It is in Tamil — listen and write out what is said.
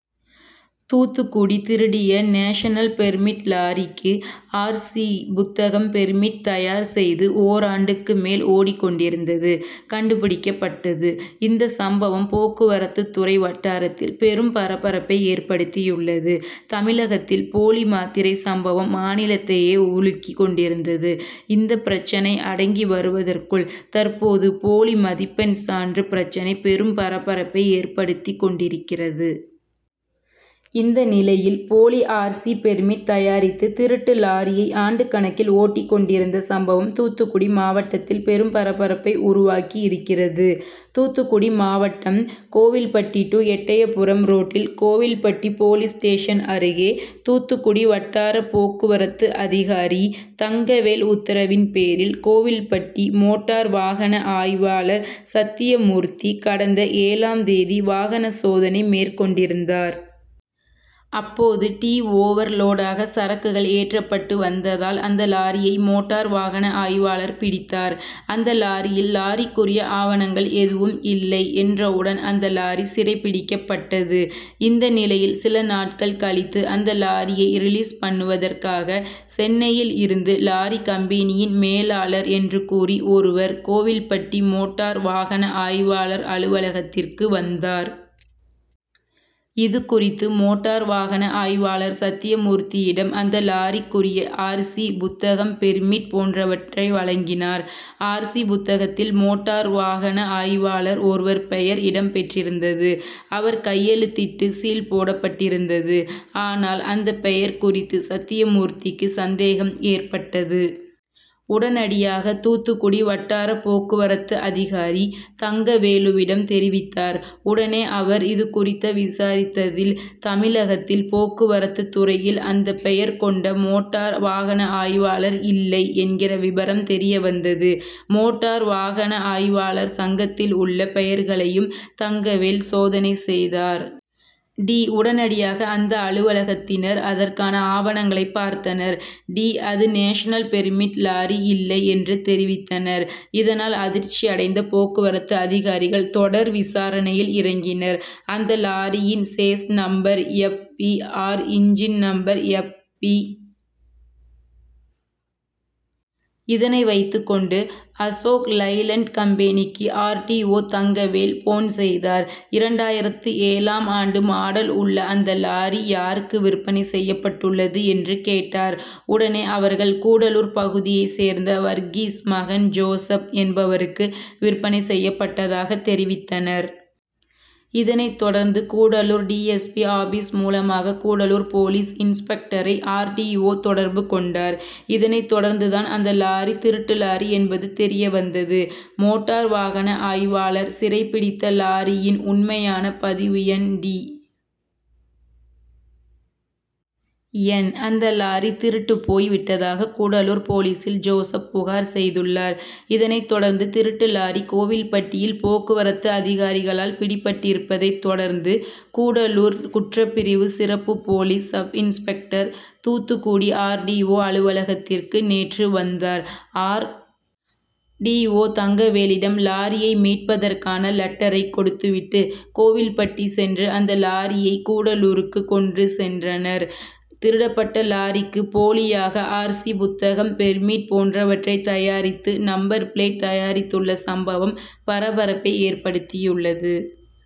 தூத்துக்குடி திருடிய நேஷனல் பெர்மிட் லாரிக்கு ஆர். சி புத்தகம் பெர்மிட் தயார் செய்து ஓராண்டுக்கு மேல் ஓடிக் கொண்டிருந்தது கண்டுபிடிக்கப்பட்டது. இந்த சம்பவம் போக்குவரத்துறை வட்டாரத்தில் பெரும் பரபரப்பை ஏற்படுத்தியுள்ளது. தமிழகத்தில் போலி மாத்திரை சம்பவம் மாநிலத்தையே உலுக்கி கொண்டிருந்தது. இந்த பிரச்னை அடங்கி வருவதற்குள் தற்போது போலி மதிப்பெண் சான்று பிரச்னை பெரும் பரபரப்பை ஏற்படுத்தி கொண்டிருக்கிறது. இந்த நிலையில் போலி ஆர். சி. பெர்மிட் தயாரித்து திருட்டு லாரியை ஆண்டுக் கணக்கில் ஓட்டி கொண்டிருந்த சம்பவம் தூத்துக்குடி மாவட்டத்தில் பெரும் பரபரப்பை உருவாக்கி இருக்கிறது. தூத்துக்குடி மாவட்டம் கோவில்பட்டி டூ எட்டயபுரம் ரோட்டில் கோவில்பட்டி போலீஸ் ஸ்டேஷன் அருகே தூத்துக்குடி வட்டார போக்குவரத்து அதிகாரி தங்கவேல் உத்தரவின் பேரில் கோவில்பட்டி மோட்டார் வாகன ஆய்வாளர் சத்தியமூர்த்தி கடந்த ஏழாம் தேதி வாகன சோதனை மேற்கொண்டிருந்தார். அப்போது டி. ஓவர் லோடாக சரக்குகள் ஏற்றப்பட்டு வந்ததால் அந்த லாரியை மோட்டார் வாகன ஆய்வாளர் பிடித்தார். அந்த லாரியில் லாரிக்குரிய ஆவணங்கள் எதுவும் இல்லை என்றவுடன் அந்த லாரி சிறைப்பிடிக்கப்பட்டது. இந்த நிலையில் சில நாட்கள் கழித்து அந்த லாரியை ரிலீஸ் பண்ணுவதற்காக சென்னையில் இருந்து லாரி கம்பெனியின் மேலாளர் என்று கூறி ஒருவர் கோவில்பட்டி மோட்டார் வாகன ஆய்வாளர் அலுவலகத்திற்கு வந்தார். இது குறித்து மோட்டார் வாகன ஆய்வாளர் சத்தியமூர்த்தியிடம் அந்த லாரிக்குரிய ஆர். சி புத்தகம் பெர்மிட் போன்றவற்றை வழங்கினார். ஆர். சி. புத்தகத்தில் மோட்டார் வாகன ஆய்வாளர் ஒருவர் பெயர் இடம் பெற்றிருந்தது. அவர் கையெழுத்திட்டு சீல் போடப்பட்டிருந்தது. ஆனால் அந்த பெயர் குறித்து சத்தியமூர்த்திக்கு சந்தேகம் ஏற்பட்டது. உடனடியாக தூத்துக்குடி வட்டார போக்குவரத்து அதிகாரி தங்கவேலுவிடம் தெரிவித்தார். உடனே அவர் இது குறித்த விசாரித்ததில் தமிழகத்தில் போக்குவரத்துதுறையில் அந்த பெயர் கொண்ட மோட்டார் வாகன ஆய்வாளர் இல்லை என்கிற விபரம் தெரியவந்தது. மோட்டார் வாகன ஆய்வாளர் சங்கத்தில் உள்ள பெயர்களையும் தங்கவேல் சோதனை செய்தார். டி. உடனடியாக அந்த அலுவலகத்தினர் அதற்கான ஆவணங்களை பார்த்தனர். டி. அது நேஷனல் பெர்மிட் லாரி இல்லை என்று தெரிவித்தனர். இதனால் அதிர்ச்சியடைந்த போக்குவரத்து அதிகாரிகள் தொடர் விசாரணையில் இறங்கினர். அந்த லாரியின் chassis number F. B. R, engine number F. B. இதனை வைத்துக் கொண்டு அசோக்லைலென்ட் கம்பெனிக்கு R. T. O Thangavel phone செய்தார். இரண்டாயிரத்து ஏழாம் ஆண்டு மாடல் உள்ள அந்த லாரி யாருக்கு விற்பனை செய்யப்பட்டுள்ளது என்று கேட்டார். உடனே அவர்கள் கூடலூர் பகுதியை சேர்ந்த வர்கீஸ் மகன் ஜோசப் என்பவருக்கு விற்பனை செய்யப்பட்டதாக தெரிவித்தனர். இதனை தொடர்ந்து Gudalur D. S. P office மூலமாக கூடலூர் போலீஸ் இன்ஸ்பெக்டரை ஆர். டி. ஓ தொடர்பு கொண்டார். இதனை தொடர்ந்து தான் அந்த லாரி திருட்டு லாரி என்பது தெரியவந்தது. மோட்டார் வாகன ஆய்வாளர் சிறைபிடித்த லாரியின் உண்மையான பதிவு எண் டி. என். அந்த லாரி திருட்டு போய் விட்டதாக கூடலூர் போலீசில் ஜோசப் புகார் செய்துள்ளார். இதனை தொடர்ந்து திருட்டு லாரி கோவில்பட்டியில் போக்குவரத்து அதிகாரிகளால் பிடிபட்டிருப்பதை தொடர்ந்து கூடலூர் குற்றப்பிரிவு சிறப்பு police sub inspector Thoothukudi R. T. O அலுவலகத்திற்கு நேற்று வந்தார். ஆர். டி. ஓ தங்கவேலிடம் லாரியை மீட்பதற்கான லட்டரை கொடுத்து விட்டு கோவில்பட்டி சென்று அந்த லாரியை கூடலூருக்கு கொண்டு சென்றனர். திருடப்பட்ட லாரிக்கு போலியாக ஆர். சி புத்தகம் பெர்மிட் போன்றவற்றை தயாரித்து நம்பர் பிளேட் தயாரித்துள்ள சம்பவம் பரபரப்பை ஏற்படுத்தியுள்ளது.